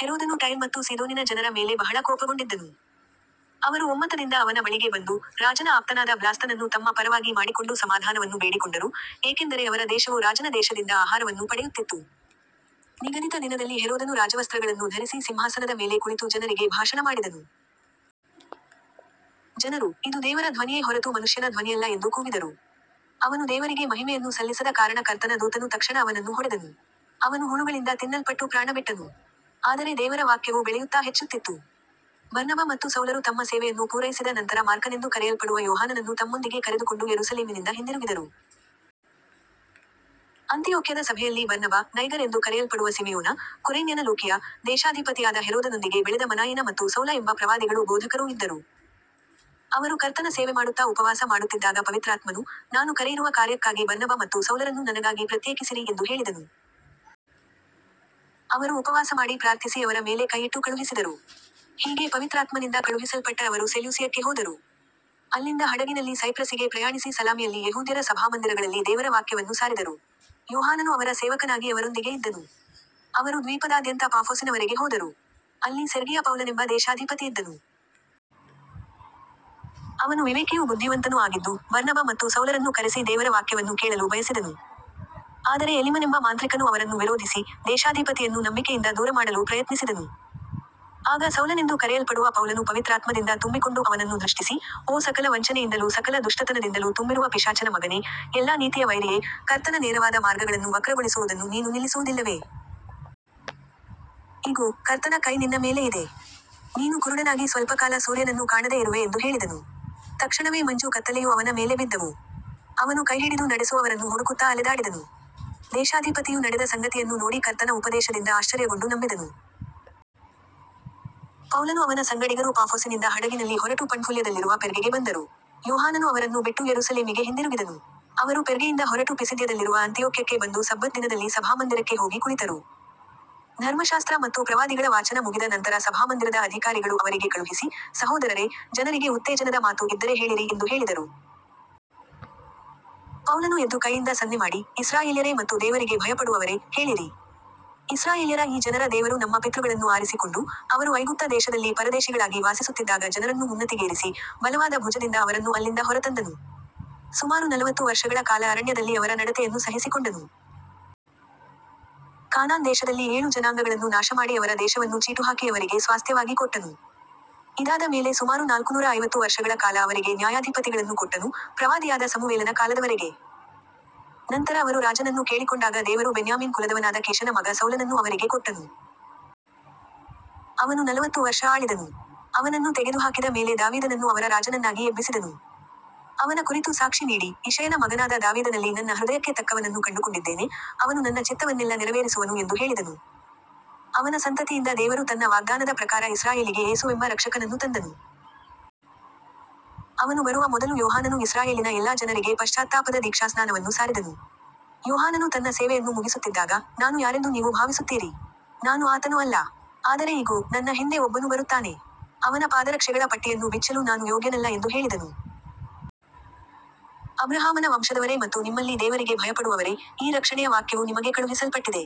ಹೆರೋದನು ಟೈರ್ ಮತ್ತು ಸೀದೋನಿನ ಜನರ ಮೇಲೆ ಬಹಳ ಕೋಪಗೊಂಡಿದ್ದನು. ಅವರು ಒಮ್ಮತದಿಂದ ಅವನ ಬಳಿಗೆ ಬಂದು, ರಾಜನ ಆಪ್ತನಾದ ಬ್ಲಾಸ್ತನನ್ನು ತಮ್ಮ ಪರವಾಗಿ ಮಾಡಿಕೊಂಡು ಸಮಾಧಾನವನ್ನು ಬೇಡಿಕೊಂಡರು, ಏಕೆಂದರೆ ಅವರ ದೇಶವು ರಾಜನ ದೇಶದಿಂದ ಆಹಾರವನ್ನು ಪಡೆಯುತ್ತಿತ್ತು. ನಿಗದಿತ ದಿನದಲ್ಲಿ ಹೆರೋದನು ರಾಜವಸ್ತ್ರಗಳನ್ನು ಧರಿಸಿ ಸಿಂಹಾಸನದ ಮೇಲೆ ಕುಳಿತು ಜನರಿಗೆ ಭಾಷಣ ಮಾಡಿದನು. ಜನರು, ಇದು ದೇವರ ಧ್ವನಿಯೇ ಹೊರತು ಮನುಷ್ಯನ ಧ್ವನಿಯಲ್ಲ ಎಂದು ಕೂಗಿದರು. ಅವನು ದೇವರಿಗೆ ಮಹಿಮೆಯನ್ನು ಸಲ್ಲಿಸದ ಕಾರಣ ಕರ್ತನ ದೂತನು ತಕ್ಷಣ ಅವನನ್ನು ಹೊಡೆದನು. ಅವನು ಹುಳುಗಳಿಂದ ತಿನ್ನಲ್ಪಟ್ಟು ಪ್ರಾಣಬಿಟ್ಟನು. ಆದರೆ ದೇವರ ವಾಕ್ಯವು ಬೆಳೆಯುತ್ತಾ ಹೆಚ್ಚುತ್ತಿತ್ತು. ಬರ್ನಬ ಮತ್ತು ಸೌಲರು ತಮ್ಮ ಸೇವೆಯನ್ನು ಪೂರೈಸಿದ ನಂತರ ಮಾರ್ಕನೆಂದು ಕರೆಯಲ್ಪಡುವ ಯೋಹಾನನನ್ನು ತಮ್ಮೊಂದಿಗೆ ಕರೆದುಕೊಂಡು ಯೆರೂಸಲೇಮಿನಿಂದ ಹಿಂದಿರುಗಿದರು. ಅಂತಿಯೋಕ್ಯದ ಸಭೆಯಲ್ಲಿ ಬರ್ನಬ, ನೈಗರ್ ಎಂದು ಕರೆಯಲ್ಪಡುವ ಸಿಮೆಯೋನ, ಕುರೇನ್ಯನ ಲೂಕಿಯ, ದೇಶಾಧಿಪತಿಯಾದ ಹೆರೋದನೊಂದಿಗೆ ಬೆಳೆದ ಮನಾಯೇನ ಮತ್ತು ಸೌಲ ಎಂಬ ಪ್ರವಾದಿಗಳೂ ಬೋಧಕರೂ ಇದ್ದರು. ಅವರು ಕರ್ತನ ಸೇವೆಮಾಡುತ್ತಾ ಉಪವಾಸ ಮಾಡುತ್ತಿದ್ದಾಗ ಪವಿತ್ರಾತ್ಮನು, ನಾನು ಕರೆಯಿರುವ ಕಾರ್ಯಕ್ಕಾಗಿ ಬರ್ನಬ ಮತ್ತು ಸೌಲರನ್ನು ನನಗಾಗಿ ಪ್ರತ್ಯೇಕಿಸಿರಿ ಎಂದು ಹೇಳಿದನು. ಅವರು ಉಪವಾಸಮಾಡಿ ಪ್ರಾರ್ಥಿಸಿ ಅವರ ಮೇಲೆ ಕೈಯಿಟ್ಟು ಕಳುಹಿಸಿದರು. ಹೀಗೆ ಪವಿತ್ರಾತ್ಮನಿಂದ ಕಳುಹಿಸಲ್ಪಟ್ಟ ಅವರು ಸೆಲ್ಯೂಸಿಯಕ್ಕೆ ಹೋದರು. ಅಲ್ಲಿಂದ ಹಡಗಿನಲ್ಲಿ ಸೈಪ್ರಸಿಗೆ ಪ್ರಯಾಣಿಸಿ ಸಲಾಮಿಯಲ್ಲಿ ಯೆಹೂದ್ಯರ ಸಭಾಮಂದಿರಗಳಲ್ಲಿ ದೇವರ ವಾಕ್ಯವನ್ನು ಸಾರಿದರು. ಯೋಹಾನನು ಅವರ ಸೇವಕನಾಗಿ ಅವರೊಂದಿಗೆ ಇದ್ದನು. ಅವರು ದ್ವೀಪದಾದ್ಯಂತ ಪಾಫೊಸಿನವರೆಗೆ ಹೋದರು. ಅಲ್ಲಿ ಸೆರ್ಗಿಯ ಪೌಲನೆಂಬ ದೇಶಾಧಿಪತಿಯಿದ್ದನು. ಅವನು ವಿವೇಕಿಯೂ ಬುದ್ಧಿವಂತನೂ ಆಗಿದ್ದು, ಬರ್ನಬ ಮತ್ತು ಸೌಲರನ್ನು ಕರೆಸಿ ದೇವರ ವಾಕ್ಯವನ್ನು ಕೇಳಲು ಬಯಸಿದನು. ಆದರೆ ಎಲಿಮನೆಂಬ ಮಾಂತ್ರಿಕನು ಅವರನ್ನು ವಿರೋಧಿಸಿ, ದೇಶಾಧಿಪತಿಯನ್ನು ನಂಬಿಕೆಯಿಂದ ದೂರಮಾಡಲು ಪ್ರಯತ್ನಿಸಿದನು. ಆಗ ಸೌಲನೆಂದು ಕರೆಯಲ್ಪಡುವ ಪೌಲನು ಪವಿತ್ರಾತ್ಮದಿಂದ ತುಂಬಿಕೊಂಡು ಅವನನ್ನು ದೃಷ್ಟಿಸಿ, ಓ ಸಕಲ ವಂಚನೆಯಿಂದಲೂ ಸಕಲ ದುಷ್ಟತನದಿಂದಲೂ ತುಂಬಿರುವ ಪಿಶಾಚನ ಮಗನೇ, ಎಲ್ಲಾ ನೀತಿಯ ವೈರಿಯೇ, ಕರ್ತನ ನೇರವಾದ ಮಾರ್ಗಗಳನ್ನು ವಕ್ರಗೊಳಿಸುವುದನ್ನು ನೀನು ನಿಲ್ಲಿಸುವುದಿಲ್ಲವೇ. ಇಗೋ, ಕರ್ತನ ಕೈ ನಿನ್ನ ಮೇಲೆ ಇದೆ. ನೀನು ಕುರುಡನಾಗಿ ಸ್ವಲ್ಪಕಾಲ ಸೂರ್ಯನನ್ನು ಕಾಣದೆ ಇರುವೆ ಎಂದು ಹೇಳಿದನು. ತಕ್ಷಣವೇ ಮಂಜೂ ಕತ್ತಲೆಯೂ ಅವನ ಮೇಲೆ ಬಿದ್ದವು. ಅವನು ಕೈಹಿಡಿದು ನಡೆಸುವವರನ್ನು ಹುಡುಕುತ್ತಾ ಅಲೆದಾಡಿದನು. ದೇಶಾಧಿಪತಿಯು ನಡೆದ ಸಂಗತಿಯನ್ನು ನೋಡಿ ಕರ್ತನ ಉಪದೇಶದಿಂದ ಆಶ್ಚರ್ಯಗೊಂಡು ನಂಬಿದನು. ಪೌಲನೂ ಅವನ ಸಂಗಡಿಗರೂ ಪಾಫೊಸಿನಿಂದ ಹಡಗಿನಲ್ಲಿ ಹೊರಟು ಪಂಫುಲ್ಯದಲ್ಲಿರುವ ಪೆರ್ಗೆಗೆ ಬಂದರು. ಯೋಹಾನನು ಅವರನ್ನು ಬಿಟ್ಟು ಯೆರೂಸಲೇಮಿಗೆ ಹಿಂದಿರುಗಿದನು. ಅವರು ಪೆರ್ಗೆಯಿಂದ ಹೊರಟು ಪಿಸಿದ್ಯದಲ್ಲಿರುವ ಅಂತಿಯೋಕ್ಯಕ್ಕೆ ಬಂದು ಸಬ್ಬತ್ ದಿನದಲ್ಲಿ ಸಭಾಮಂದಿರಕ್ಕೆ ಹೋಗಿ ಕುಳಿತರು. ಧರ್ಮಶಾಸ್ತ್ರ ಮತ್ತು ಪ್ರವಾದಿಗಳ ವಾಚನ ಮುಗಿದ ನಂತರ ಸಭಾಮಂದಿರದ ಅಧಿಕಾರಿಗಳು ಅವರಿಗೆ ಕಳುಹಿಸಿ, ಸಹೋದರರೇ, ಜನರಿಗೆ ಉತ್ತೇಜನದ ಮಾತು ಇದ್ದರೆ ಹೇಳಿರಿ ಎಂದು ಹೇಳಿದರು. ಪೌಲನು ಎದ್ದು ಕೈಯಿಂದ ಸನ್ನೆಮಾಡಿ, ಇಸ್ರಾಯೇಲ್ಯರೇ ಮತ್ತು ದೇವರಿಗೆ ಭಯಪಡುವವರೇ, ಕೇಳಿರಿ. ಇಸ್ರಾಯೇಲ್ಯರ ಈ ಜನರ ದೇವರು ನಮ್ಮ ಪಿತೃಗಳನ್ನು ಆರಿಸಿಕೊಂಡು, ಅವರು ಐಗುಪ್ತ ದೇಶದಲ್ಲಿ ಪರದೇಶಿಗಳಾಗಿ ವಾಸಿಸುತ್ತಿದ್ದಾಗ ಜನರನ್ನು ಉನ್ನತಿಗೇರಿಸಿ, ಬಲವಾದ ಭುಜದಿಂದ ಅವರನ್ನು ಅಲ್ಲಿಂದ ಹೊರತಂದನು. ಸುಮಾರು ನಲವತ್ತು ವರ್ಷಗಳ ಕಾಲ ಅರಣ್ಯದಲ್ಲಿ ಅವರ ನಡತೆಯನ್ನು ಸಹಿಸಿಕೊಂಡನು. ಕಾನಾನ್ ದೇಶದಲ್ಲಿ ಏಳು ಜನಾಂಗಗಳನ್ನು ನಾಶಮಾಡಿ ಅವರ ದೇಶವನ್ನು ಚೀಟುಹಾಕಿ ಅವರಿಗೆ ಸ್ವಾಸ್ತ್ಯವಾಗಿ ಕೊಟ್ಟನು. ಇದಾದ ಮೇಲೆ ಸುಮಾರು ನಾಲ್ಕುನೂರ ಐವತ್ತು ವರ್ಷಗಳ ಕಾಲ ಅವರಿಗೆ ನ್ಯಾಯಾಧಿಪತಿಗಳನ್ನು ಕೊಟ್ಟನು, ಪ್ರವಾದಿಯಾದ ಸಮುವೇಲನ ಕಾಲದವರೆಗೆ. ನಂತರ ಅವರು ರಾಜನನ್ನು ಕೇಳಿಕೊಂಡಾಗ ದೇವರು ಬೆನ್ಯಾಮೀನ್ ಕುಲದವನಾದ ಕೀಷನ ಮಗ ಸೌಲನನ್ನು ಅವರಿಗೆ ಕೊಟ್ಟನು. ಅವನು ನಲವತ್ತು ವರ್ಷ ಆಳಿದನು. ಅವನನ್ನು ತೆಗೆದುಹಾಕಿದ ಮೇಲೆ ದಾವೀದನನ್ನು ಅವರ ರಾಜನನ್ನಾಗಿ ಎಬ್ಬಿಸಿದನು. ಅವನ ಕುರಿತು ಸಾಕ್ಷಿ ನೀಡಿ, ಇಷಯನ ಮಗನಾದ ದಾವೀದನಲ್ಲಿ ನನ್ನ ಹೃದಯಕ್ಕೆ ತಕ್ಕವನನ್ನು ಕಂಡುಕೊಂಡಿದ್ದೇನೆ, ಅವನು ನನ್ನ ಚಿತ್ತವನ್ನೆಲ್ಲ ನೆರವೇರಿಸುವನು ಎಂದು ಹೇಳಿದನು. ಅವನ ಸಂತತಿಯಿಂದ ದೇವರು ತನ್ನ ವಾಗ್ದಾನದ ಪ್ರಕಾರ ಇಸ್ರಾಯೇಲಿಗೆ ಯೇಸುವೆಂಬ ರಕ್ಷಕನನ್ನು ತಂದನು. ಅವನು ಬರುವ ಮೊದಲು ಯೋಹಾನನು ಇಸ್ರಾಯೇಲಿನ ಎಲ್ಲಾ ಜನರಿಗೆ ಪಶ್ಚಾತ್ತಾಪದ ದೀಕ್ಷಾಸ್ನಾನವನ್ನು ಸಾರಿದನು. ಯೋಹಾನನು ತನ್ನ ಸೇವೆಯನ್ನು ಮುಗಿಸುತ್ತಿದ್ದಾಗ, ನಾನು ಯಾರೆಂದು ನೀವು ಭಾವಿಸುತ್ತೀರಿ? ನಾನು ಆತನು ಅಲ್ಲ. ಆದರೆ ಇಗೋ, ನನ್ನ ಹಿಂದೆ ಒಬ್ಬನು ಬರುತ್ತಾನೆ. ಅವನ ಪಾದರಕ್ಷೆಗಳ ಪಟ್ಟಿಯನ್ನು ಬಿಚ್ಚಲು ನಾನು ಯೋಗ್ಯನಲ್ಲ ಎಂದು ಹೇಳಿದನು. ಅಬ್ರಹಾಮನ ವಂಶದವರೇ ಮತ್ತು ನಿಮ್ಮಲ್ಲಿ ದೇವರಿಗೆ ಭಯಪಡುವವರೇ, ಈ ರಕ್ಷಣೆಯ ವಾಕ್ಯವು ನಿಮಗೆ ಕಳುಹಿಸಲ್ಪಟ್ಟಿದೆ.